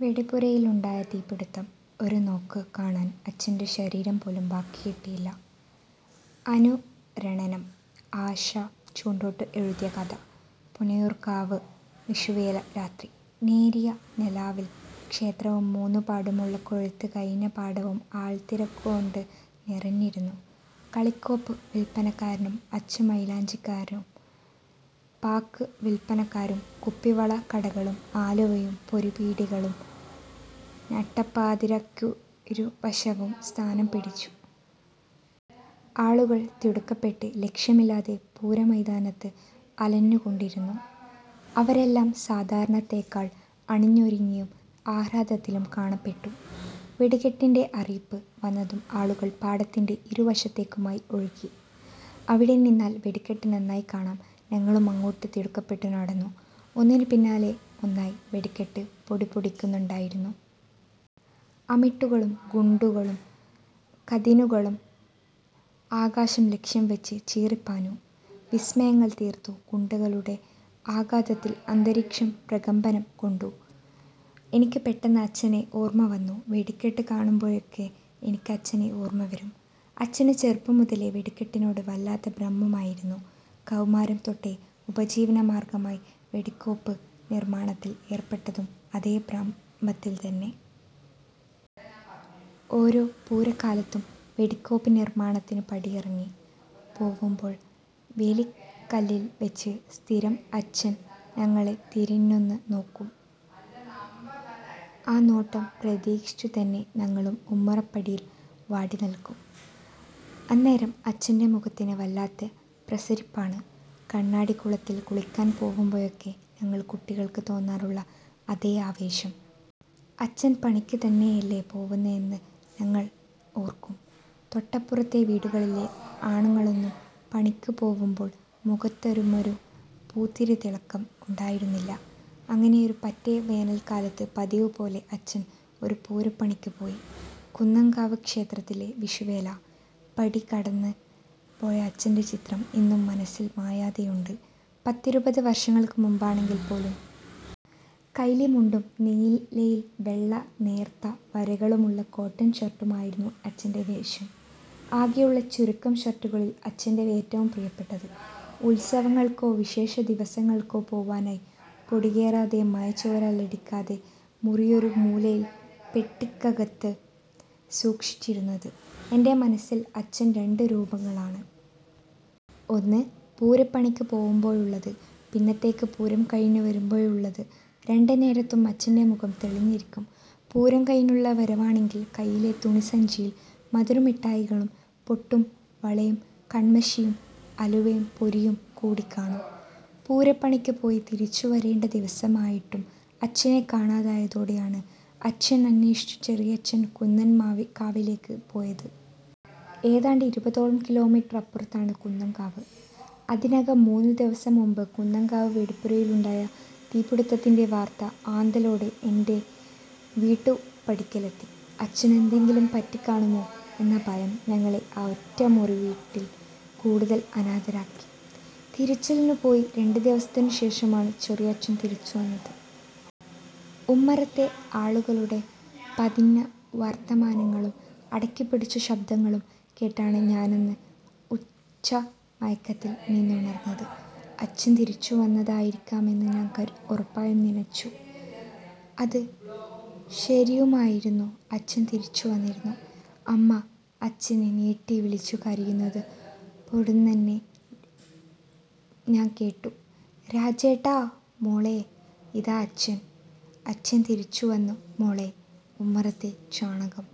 വെടിപ്പുരയിലുണ്ടായ തീപിടുത്തം; 'ഒരുനോക്ക് കാണാൻ അച്ഛന്റെ ശരീരം പോലും ബാക്കി കിട്ടിയില്ല... ' അനുരണനം – ആശ ചുണ്ടാട്ട് എഴുതിയ കഥ പുന്നയൂർകാവ് വിഷുവേല രാത്രി. നേരിയ നിലാവിൽ ക്ഷേത്രവും മൂന്നുപാടുമുള്ള കൊയ്ത്ത് കഴിഞ്ഞ പാടവും ആൾതിരക്കുകൊണ്ട് നിറഞ്ഞിരുന്നു. കളികോപ്പ് വിൽപ്പനക്കാരും, അച്ച് മൈലാഞ്ചിക്കാരും, പാക്ക് വിൽപ്പനക്കാരും, കുപ്പിവള കടകളും, അലുവയും പൊരി പീടികകളും നടപ്പാതക്കിരുവശവും സ്ഥാനം പിടിച്ചു. ആളുകൾ തിടുക്കപെട്ട് ലക്ഷ്യമില്ലാതെ പൂര മൈതാനത്ത് അലഞ്ഞുകൊണ്ടിരുന്നു. അവരെല്ലാം സാധാരണത്തേക്കാൾ അണിഞൊരുങ്ങിയും ആഹ്ലാദത്തിലും കാണപ്പെട്ടു. വെടിക്കെട്ടിന്റെ അറിയിപ്പ് വന്നതും ആളുകൾ പാടത്തിന്റെ ഇരു വശത്തേയ്ക്കുമായി ഒഴുകി. അവിടെ നിന്നാൽ വെടിക്കെട്ട് നന്നായി കാണാം. ഞങ്ങളും അങ്ങോട്ട് തിടുക്കപ്പെട്ട് നടന്നു. ഒന്നിന് പിന്നാലെ ഒന്നായി വെടിക്കെട്ട് പൊടിപൊടിയ്ക്കുന്നുണ്ടായിരുന്നു. അമിട്ടുകളും ഗുണ്ടുകളും കതിനകളും ആകാശം ലക്ഷ്യംവച്ച് ചീറി പാഞ്ഞു വിസ്മയങ്ങൾ തീർത്തു. ഗുണ്ടുകളുടെ ആഘാതത്തിൽ അന്തരീക്ഷം പ്രകമ്പനം കൊണ്ടു. എനിക്ക് പെട്ടെന്ന് അച്ഛനെ ഓർമ വന്നു. വെടിക്കെട്ടു കാണുമ്പോഴൊക്കെ എനിക്ക് അച്ഛനെ ഓർമ വരും. അച്ഛന് ചെറുപ്പം മുതലേ വെടിക്കെട്ടിനോട് വല്ലാത്ത ഭ്രമമായിരുന്നു. കൗമാരം തൊട്ടേ ഉപജീവന മാർഗമായി വെടികോപ്പ് നിർമാണത്തിൽ ഏർപ്പെട്ടതും അതേ ഭ്രമത്തിൽതന്നെ. ഓരോ പൂര കാലത്തും വെടികോപ്പ് നിർമാണത്തിനു പടിയിറങ്ങി പോവുമ്പോൾ വേലിക്കലിൽ വച്ച് സ്ഥിരം അച്ഛൻ ഞങ്ങളെ തിരിഞ്ഞൊന്നു നോക്കും. ആ നോട്ടം പ്രതീക്ഷിച്ചു തന്നെ ഞങ്ങളും ഉമ്മറ പടിയിൽ വാടി നിൽക്കും. അന്നേരം അച്ഛന്റെ മുഖത്തിന് വല്ലാത്ത പ്രസരിപ്പാണ്. കണ്ണാടി കുളത്തിൽ കുളിക്കാൻ പോവുമ്പോഴൊക്കെ ഞങ്ങൾ കുട്ടികൾക്ക് തോന്നാറുള്ള അതേ ആവേശം. അച്ഛൻ പണിയ്ക്ക് തന്നെയല്ലേ പോവുന്നതെന്ന് ഞങ്ങൾ ഓർക്കും. തൊട്ടപ്പുറത്തെ വീടുകളിലെ ആണുങ്ങളൊന്നും പണിക്ക് പോവുമ്പോൾ മുഖത്തത്തരമൊരു പൂത്തിരി തിളക്കം ഉണ്ടായിരുന്നില്ല. അങ്ങനെയൊരു പറ്റെ വേനൽ കാലത്ത് പതിവ് പോലെ അച്ഛൻ ഒരു പൂരപണിയ്ക്ക് പോയി, കുന്നംകാവ് ക്ഷേത്രത്തിലെ വിഷു വേല. പടി കടന്ന് പോയ അച്ഛന്റെ ചിത്രം ഇന്നും മനസ്സിൽ മായാതെയുണ്ട്, പത്തിരുപതു വർഷങ്ങൾക്ക് മുൻപാണെങ്കിൽ പോലും. കൈലി മുണ്ടും നീലയിൽ വെള്ള നേർത്ത വരകളുമുള്ള കോട്ടൺ ഷർട്ടുമായിരുന്നു അച്ഛന്റെ വേഷം. ആകെയുള്ള ചുരുക്കം ഷർട്ടുകളിൽ അച്ഛന്റെ ഏറ്റവും പ്രിയപ്പെട്ടത്. ഉത്സവങ്ങൾക്കോ വിശേഷ ദിവസങ്ങൾക്കോ പോവാനായി പൊടി കേറാതെ മഴ ചോരൽ അടിക്കാതെ മുറിക്കൊരു മൂലയിൽ പെട്ടിക്കകത്ത് സൂക്ഷിച്ചിരുന്നത്. എന്റെ മനസ്സിൽ അച്ഛന് രണ്ട് രൂപങ്ങളാണ്. ഒന്ന് പൂര പണിക്ക് പോവുമ്പോഴുള്ളത്, പിന്നത്തേത് പൂരം കഴിഞ്ഞ് വരുമ്പോഴുള്ളത്. രണ്ട് നേരത്തും അച്ഛന്റെ മുഖം തെളിഞ്ഞിരിക്കും. പൂരം കഴിഞ്ഞുള്ള വരവാണെങ്കിൽ കയ്യിലെ തുണി സഞ്ചിയിൽ മധുര മിട്ടായികളും, പൊട്ടും വളേം കണ്മഷിയും അലുവേം പൊരിയും കൂടി കാണും. പൂര പണിക്ക് പോയി തിരിച്ചു വരേണ്ട ദിവസമായിട്ടും അച്ഛനെ കാണാതായതോടെയാണ് അച്ഛനെ അന്വേഷിച് ചെറിയച്ഛൻ കുന്നൻ കാവിലേയ്ക്ക് പോയത്. ഏതാണ്ട് ഇരുപതോളം കിലോമീറ്റർ അപ്പുറത്താണ് കുന്നംകാവ്, അതിനകം മൂന്നു ദിവസം മുൻപ് കുന്നൻ കാവ് വെടിപ്പുരയിലുണ്ടായ തീ പിടുത്തത്തിന്റെ വാർത്ത ആന്തലോടെ എന്റെ വീട്ടു പടിക്കലെത്തി. അച്ഛനെന്തെങ്കിലും പറ്റി കാണുമോ എന്ന ഭയം ഞങ്ങളെ ആ ഒറ്റ മുറി വീട്ടിൽ കൂടുതൽ അനാഥരാക്കി. തിരച്ചിലിനു പോയി രണ്ട് ദിവസത്തിനു ശേഷമാണു ചെറിയച്ഛൻ തിരിച്ചു വന്നത്. ഉമ്മറത്തെ ആളുകളുടെ പതിഞ്ഞ വർത്തമാനങ്ങളും അടക്കി പിടിച്ച ശബ്ദങ്ങളും കേട്ടാണ് ഞാനന്ന് ഉച്ച മയക്കത്തിൽ നിന്നുണർന്നത്. അച്ഛൻ തിരിച്ചു വന്നതായിരിക്കാമെന്ന് ഞാൻ ഉറപ്പായും നിനച്ചു. അത് ശരിയുമായിരുന്നു. അച്ഛൻ തിരിച്ചു വന്നിരുന്നു. അമ്മ അച്ഛനെ നീട്ടി വിളിച്ചു കരയുന്നത് പൊടുന്നനെ ഞാൻ കേട്ടു. 'രാജേട്ടാ... മോളേ ഇതാ അച്ഛൻ.. അച്ഛൻ തിരിച്ചു വന്നു മോളേ.. ' ഉമ്മറത്തെ ചാണകം